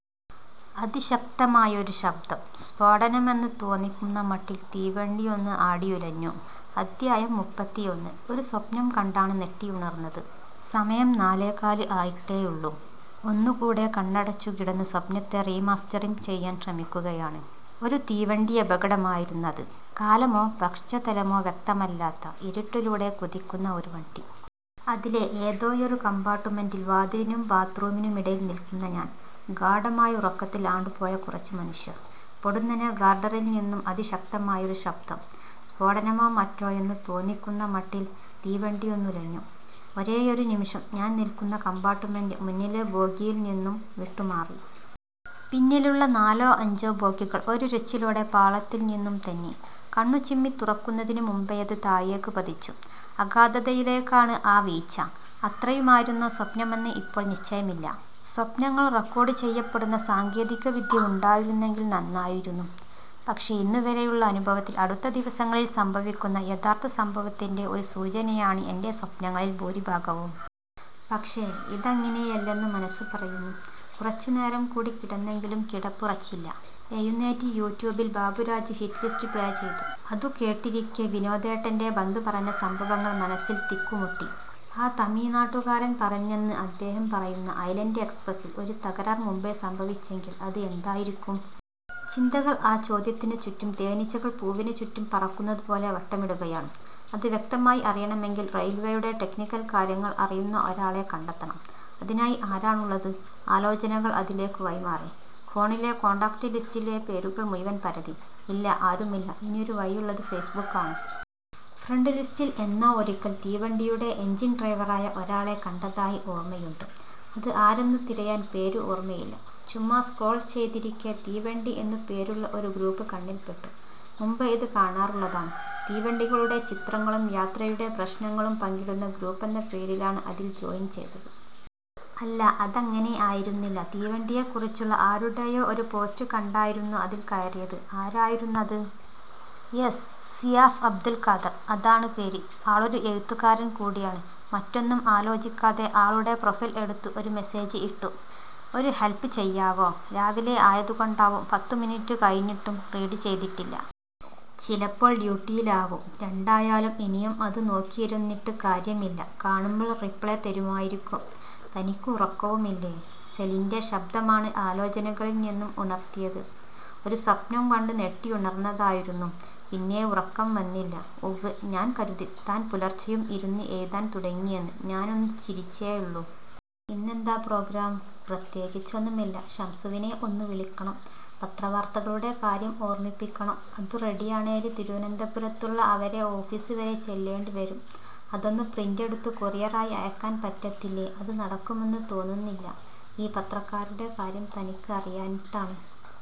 'അതിശക്തമായൊരു ശബ്ദം; സ്ഫോടനമെന്ന് തോന്നിക്കുന്ന മട്ടിൽ തീവണ്ടിയൊന്ന് ആടിയുലഞ്ഞു... ' അധ്യായം: മുപ്പത്തിയൊന്ന് ഒരു സ്വപ്നം കണ്ടാണ് ഞെട്ടിയുണർന്നത്. സമയം നാലേകാല് ആയിട്ടേയുള്ളൂ. ഒന്നുകൂടെ കണ്ണടച്ചുകിടന്ന്, സ്വപ്നത്തെ റീ മാസ്റ്ററിംഗ് ചെയ്യാൻ ശ്രമിക്കുകയാണ്. ഒരു തീവണ്ടിയപകടമായിരുന്നത്. കാലമോ പശ്ചത്തലമോ വ്യക്തമല്ലാത്ത, ഇരൂട്ടിലൂടെ കൂതിക്കുന്ന ഒരു വണ്ടി. അതിലെ ഏതോയൊരു കംപാർട്ടുമെന്റിൽ, വാതിലിനും ബാത്ത് റൂമിനുമിടയിൽ നിൽക്കുന്ന ഞാൻ. ഗാഢമായ ഉറക്കത്തിൽ ആണ്ടുപോയ കുറച്ചു മനുഷ്യർ. പൊടുന്നനെ ഗർഡറിൽ നിന്നും അതിശക്തമായൊരു ശബ്ദം. സ്ഫോടനമോ മറ്റോ എന്നു തോന്നിക്കുന്ന മട്ടിൽ തീവണ്ടിയൊന്നുലഞ്ഞു. ഒരേയൊരു നിമിഷം! ഞാൻ നിൽക്കുന്ന കംപാർട്ടുമെന്റ് മുന്നിലെ ബോഗിയിൽ നിന്നും വിട്ടുമാറി! പിന്നിലുള്ള നാലോ അഞ്ചോ ബോഗികൾ ഒരുരച്ചിലോടെ പാളത്തിൽ നിന്നും തെന്നി. കണ്ണു ചിമ്മിത്തുറക്കുന്നതിനു മുൻപേയത് താഴേക്ക് പതിച്ചു. അഗാധതയിലേക്കാണ് ആ വീഴ്ച. അത്രയുമായിരുന്നോ സ്വപ്നമെന്ന് ഇപ്പോൾ നിശ്ചയമില്ല. സ്വപ്നങ്ങൾ റെക്കോർഡുചെയ്യപ്പെടുന്ന സാങ്കേതിവിദ്യ ഉണ്ടായിരുന്നെങ്കിൽ നന്നായിരുന്നു. പക്ഷേ, ഇന്നുവരേയുള്ള അനുഭവത്തിൽ അടുത്ത ദിവസങ്ങളിൽ സംഭവിക്കുന്ന യഥാർത്ഥ സംഭവത്തിന്റെ ഒരു സൂചനയാണ് എന്റെ സ്വപ്നങ്ങളിൽ ഭൂരിഭാഗവും. പക്ഷേ, ഇതങ്ങിനയല്ലെന്നു മനസു പറയുന്നു. കുറച്ചുനേരം കൂടെ കിടന്നെങ്കിലും കിടപ്പുറച്ചില്ല. എഴുന്നേറ്റ്, യൂടൂബിൽ ബാബുരാജ് ഹിറ്റ് ലിസ്റ്റ് പ്ലേ ചെയ്തു. അതു കേട്ടിരിക്കെ, വിനോദേട്ടന്റെ, ബന്ധു പറഞ്ഞ സംഭവങ്ങൾ മനസിൽ തിക്കുമുട്ടി. ആ തമിഴ്നാട്ടുകാരൻ പറഞ്ഞെന്ന്, അദ്ദേഹം പറയുന്ന ഐലന്റ് എക്സപ്രസിന് ഒരു തകരാർ മുൻപെ സംഭവിച്ചെങ്കിൽ അത് എന്തായിരിക്കും? ചിന്തകൾ ആ ചോദ്യത്തിനു ചുറ്റും തേനിച്ചകൾ പൂവിനു ചുറ്റും പറക്കുന്നതു പോലെ വട്ടമിടുകയാണ്. അത് വ്യക്തമായി അറിയണമെങ്കിൽ റെയിൽവേയുടെ ടെക്നിക്കൽ കാര്യങ്ങൾ അറിയുന്ന ഒരാളെ കണ്ടെത്തണം. അതിനായി ആരാണുള്ളത്? ആലോചനകൾ അതിലേക്ക് വഴിമാറി. ഫോണിലെ കോണ്ടാക്ട് ലിസ്റ്റിലെ പേരുകൾ മുഴവൻ പരതി. ഇല്ല ആരുമില്ല. ഇനിയൊരു വഴിയുള്ളത് ഫെയ്സ്ബുക്കാണ്. ഫ്രണ്ട് ലിസ്റ്റിൽ എന്നോ ഒരിക്കൽ തീവണ്ടിയുടെ എഞ്ചിൻ ഡ്രൈവറായ ഒരാളെ കണ്ടതായി ഓർമയുണ്ട്. അത് ആരെന്നു തിരയാൻ പേര് ഓർമയില്ല. ചുമ്മാ സ്ക്രോൾ ചെയ്തിരിക്കെ, തീവണ്ടി എന്നു പേരുള്ള ഒരു ഗ്രൂപ്പ് കണ്ണിൽപ്പെട്ടു. മുൻപെ ഇതു കാണാറുള്ളതാണ്. തീവണ്ടികളുടെ ചിത്രങ്ങളും യാത്രയുടെ പ്രശ്നങ്ങളും പങ്കിടുന്ന ഗ്രൂപ്പെന്ന പേരിലാണ് അതിൽ ജോയിൻ ചെയ്തത്. അല്ല, അതങ്ങനെ ആയിരുന്നില്ല. തീവണ്ടിയെക്കുറിച്ചുള്ള ആരുടെയോ ഒരു പോസ്റ്റ് കണ്ടായിരുന്നു അതിൽ കയറിയത്. ആരായിരുന്നത്? യെസ്, സിയാഫ് അബ്ദുൾ ഖാദർ. അതാണ് പേര്. ആളൊരു എഴുത്തുകാരൻ കൂടിയാണ്. മറ്റൊന്നും ആലോചിക്കാതെ ആളുടെ പ്രൊഫൈൽ എടുത്ത് ഒരു മെസേജ് ഇട്ടു. 'ഒരു ഹെൽപ് ചെയ്യാവോ? ' രാവിലെ ആയതുകൊണ്ടാവും പത്തുമിനുറ്റു കഴിഞിട്ടും റീഡ് ചെയ്തിട്ടില്ല. ചിലപ്പോൾ ഡ്യൂട്ടിയിലാവും. രണ്ടായാലും ഇനിയം അതു നോക്കിയിരുന്നിട്ട് കാര്യമില്ല. കാണുമ്പോൾ റിപ്ലേ തരുമായിരിക്കും. "തനിക്ക് ഉറക്കവുമില്ലേ? " സെലിന്റെ ശബ്ദമാണ് ആലോചനകളിൽ നിന്നും ഉണർത്തിയത്. "ഒരു സ്വപ്നം കണ്ട് ഞെട്ടിയുണർന്നതായിരുന്നു. പിന്നെ ഉറക്കം വന്നില്ല" "ഉവ്വ്. ഞാൻ കരുതി താൻ പുലർച്ചയും ഇരുന്ന് എഴുതാൻ തുടങ്ങിയെന്ന്" ഞാനൊന്നു ചിരിച്ചേയുള്ളൂ. "ഇന്നെന്താ പ്രോഗ്രാം? " "പ്രത്യേകിച്ചൊന്നുമില്ല. ഷംസുവിനെ ഒന്നു വിളിക്കണം. പത്രവാർത്തകളുടെ കാര്യം ഓർമിപ്പിക്കണം. അതു റെഡിയാണേല് തിരുവനന്തപുരത്തുള്ള അവരെ ഓഫീസ് വരെ ചെല്ലേണ്ടി വരും. " "അതൊന്നു പ്രിന്റെടുത്ത് കൊറിയറായി അയക്കാൻ പറ്റത്തില്ലേ? " "അതു നടക്കുമെന്നു തോന്നുന്നില്ല. ഈ പത്രക്കാരുടെ കാര്യം തനിക്ക് അറിയാഞ്ഞിട്ടാണ്.